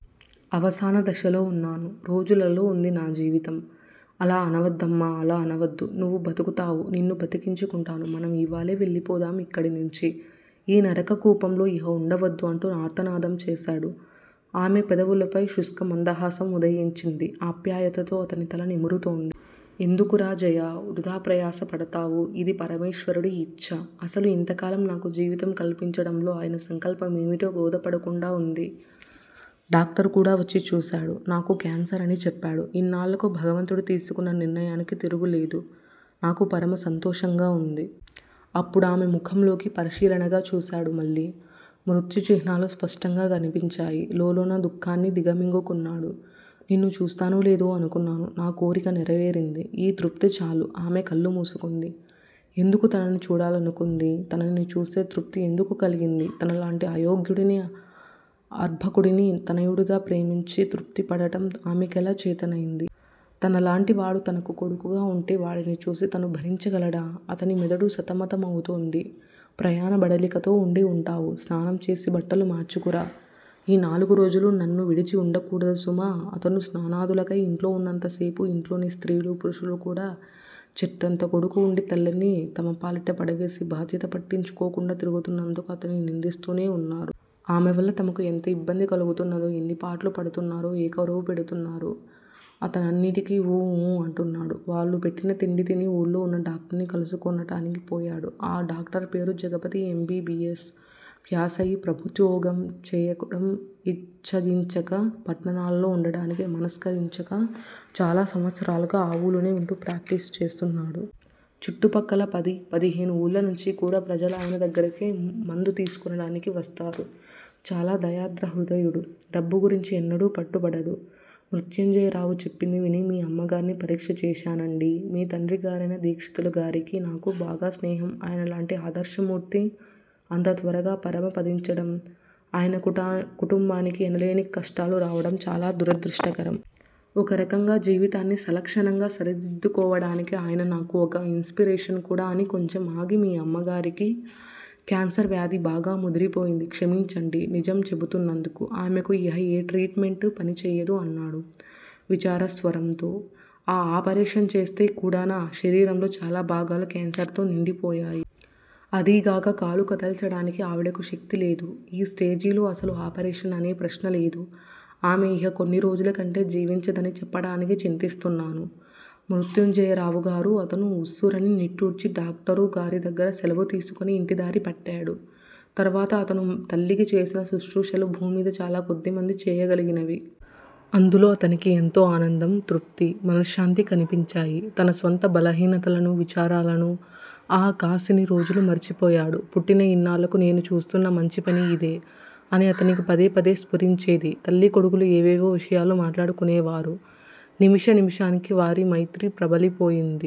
అవసానదశలో వున్నాను. రోజులలో వుంది నా జీవితం. అలా అనవద్దమ్మా. అలా అనవద్దు. నువ్వు బ్రతుకుతావు. నిన్ను బ్రతికించుకుంటాను. మనం యివాళే వెళ్ళిపోదాం యిక్కడ్నుంచి, ఈ నరక కూపంలో యిహ వుండవద్దు అంటూ ఆర్తనాదం చేశాడు. ఆమె పెదవులపై శుష్కమందహాసం ఉదయించింది. ఆప్యాయతతో అతని తల నిమురుతోంది. ఎందుకురా జయా! వృధా ప్రయాస పడతావు? ఇది పరమేశ్వరుడి యిచ్ఛ. అసలు యింతకాలం నాకు జీవితం కల్పించటంలో ఆయన సంకల్పమేమిటో బోధపడకుండా వుంది. డాక్టరుకూడా వచ్చి చూశాడు. నాకు క్యాన్సర్ అని చెప్పాడు. ఇన్నాళ్ళకు భగవంతుడు తీసుకున్న నిర్ణయానికి తిరుగులేదు. నాకు పరమ సంతోషంగా వుంది. అప్పుడామె ముఖంలోకి పరిశీలనగా చూశాడు మళ్ళీ. మృత్యుచిహ్నాలు స్పష్టంగా కనిపించాయి. లోలోన దుఃఖాన్ని దిగమ్రింగుకున్నాడు. నిన్ను చూస్తానోలేదో అనుకున్నాను. నా కోరిక నెరవేరింది. ఈ తృప్తిచాలు ఆమె కళ్ళు మూసుకుంది. ఎందుకు తనని చూడాలనుకుంది? తనని చూస్తే తృప్తి ఎందుకు కలిగింది? తనలాంటి అయోగ్యుడిని, అర్భకుడిని తనయుడిగా ప్రేమించి, తృప్తిపడటం ఆమెకెలా చేతనైంది? తనలాంటివాడు తనకు కొడుకుగా వుంటే వాడిని చూసి తను భరించగలడా? అతని మెదడు సతమతమవుతోంది. ప్రయాణ బడలికతో ఉండివుంటావు. స్నానంచేసి బట్టలు మార్చుకూరా. ఈ నాలుగురోజులూ నన్ను విడిచి వుండకూడదు సుమా. అతను స్నానాదులకై యింట్లో వున్నంతసేపూ యింట్లోని స్త్రీలూ, పురుషులూ కూడా చెట్టంత కొడుకు వుండి, తల్లిని తమపాలిట పడవేసి, బాధ్యత పట్టించుకోకుండా తిరుగుతున్నందుకు అతన్ని నిందిస్తూనే వున్నారు. ఆమెవల్ల తమకు ఎంత యిబ్బంది కలుగుతున్నదో, యెన్ని పాట్లు పడుతున్నారో ఏకరువు పెడుతున్నారు. అతనన్నిటికి ఊఁ, ఊఁ అంటున్నాడు. వాళ్ళు పెట్టిన తిండి తిని ఊళ్ళో వున్న డాక్టర్ని కలుసుకొనటానికి పోయాడు. ఆ డాక్టరుపేరు Jagapathi. M. B. B. S. ప్యాసయి, ప్రభుత్వోద్యోగం చేయటం యిచ్ఛగించక పట్టణాలలో వుండటానికి మనస్కరించక చాలా సంవత్సరాలుగా ఆ వూళ్ళోనే వుంటూ ప్రాక్టీసు చేస్తున్నాడు. చుట్టుప్రక్కల పది పదిహేను ఊళ్ళనుంచికూడా ప్రజలాయన దగ్గరకే మందు తీసుకొనటానికి వస్తారు. చాలా దయార్ద్రహృదయుడు. డబ్బుగురించి ఎన్నడూ పట్టుబట్టడు. మృత్యుంజయరావు చెప్పింది విని మీ అమ్మగార్ని పరీక్ష చేశానండీ. మీ తండ్రిగారైన దీక్షితులుగారికీ నాకూ బాగా స్నేహం ఆయనలాంటి ఆదర్శమూర్తి అంత త్వరగా పరమపదించటం, ఆయన కుటుంబానికి ఎనలేని కష్టాలు రావటం చాలా దురదృష్టకరం. ఒకరకంగా జీవితాన్ని సలక్షణంగా సరిదిద్దుకోవటానికి ఆయన నాకు ఒక యిన్స్పిరేషన్ కూడా అని కొంచెం ఆగి మీ అమ్మగారికి కేన్సర్ వ్యాధి బాగా ముదిరిపోయింది. క్షమించండి నిజం చేబుతూన్నందుకు. ఆమెకు యిహ ఏ ట్రీట్ మెంటూ పనిచెయ్యదు అన్నాడు విచారస్వరంతో. ఆపరేషన్ చేస్తేకూడానా? శరీరంలో చాలాభాగాలు కేన్సర్ తో నిండిపోయాయి. అదీగాక కాలు కదల్చటానికి ఆవిడకు శక్తిలేదు. ఈ స్టేజిలో అసలు ఆపరేషన్ అనే ప్రశ్నలేదు. ఆమె యిహ కొన్నిరోజులకంటే జీవించదని చెప్పటానికి చింతిస్తున్నాను మృత్యుంజయరావుగారూ! అతను ఉస్సురని నిట్టూర్చి, డాక్టరుగారిదగ్గర సెలవు తీసుకుని యింటిదారి పట్టాడు. తర్వాత అతను తల్లికి చేసిన శుశ్రూషలు భూమ్మీద చాలా కొద్దిమంది చేయగలిగినవి. అందులో అతనికి ఎంతో అనందం, తృప్తీ, మనశ్శాంతీ కనిపించాయి. తన స్వంత బలహీనతలనూ, విచారాలనూ ఆ కాసిని రోజులూ మరిచిపోయాడు. పుట్టిన యిన్నాళ్ళకు 'నేను చేస్తూన్న మంచిపని యిదే' అని అతనికి పదే పదే స్పురించేది. తల్లీకొడుకులు ఏవేవో విషయాలు మాట్లాడుకునేవారు. నిమిష నిమిషానికీ వారి మైత్రి ప్రబలిపోయింది.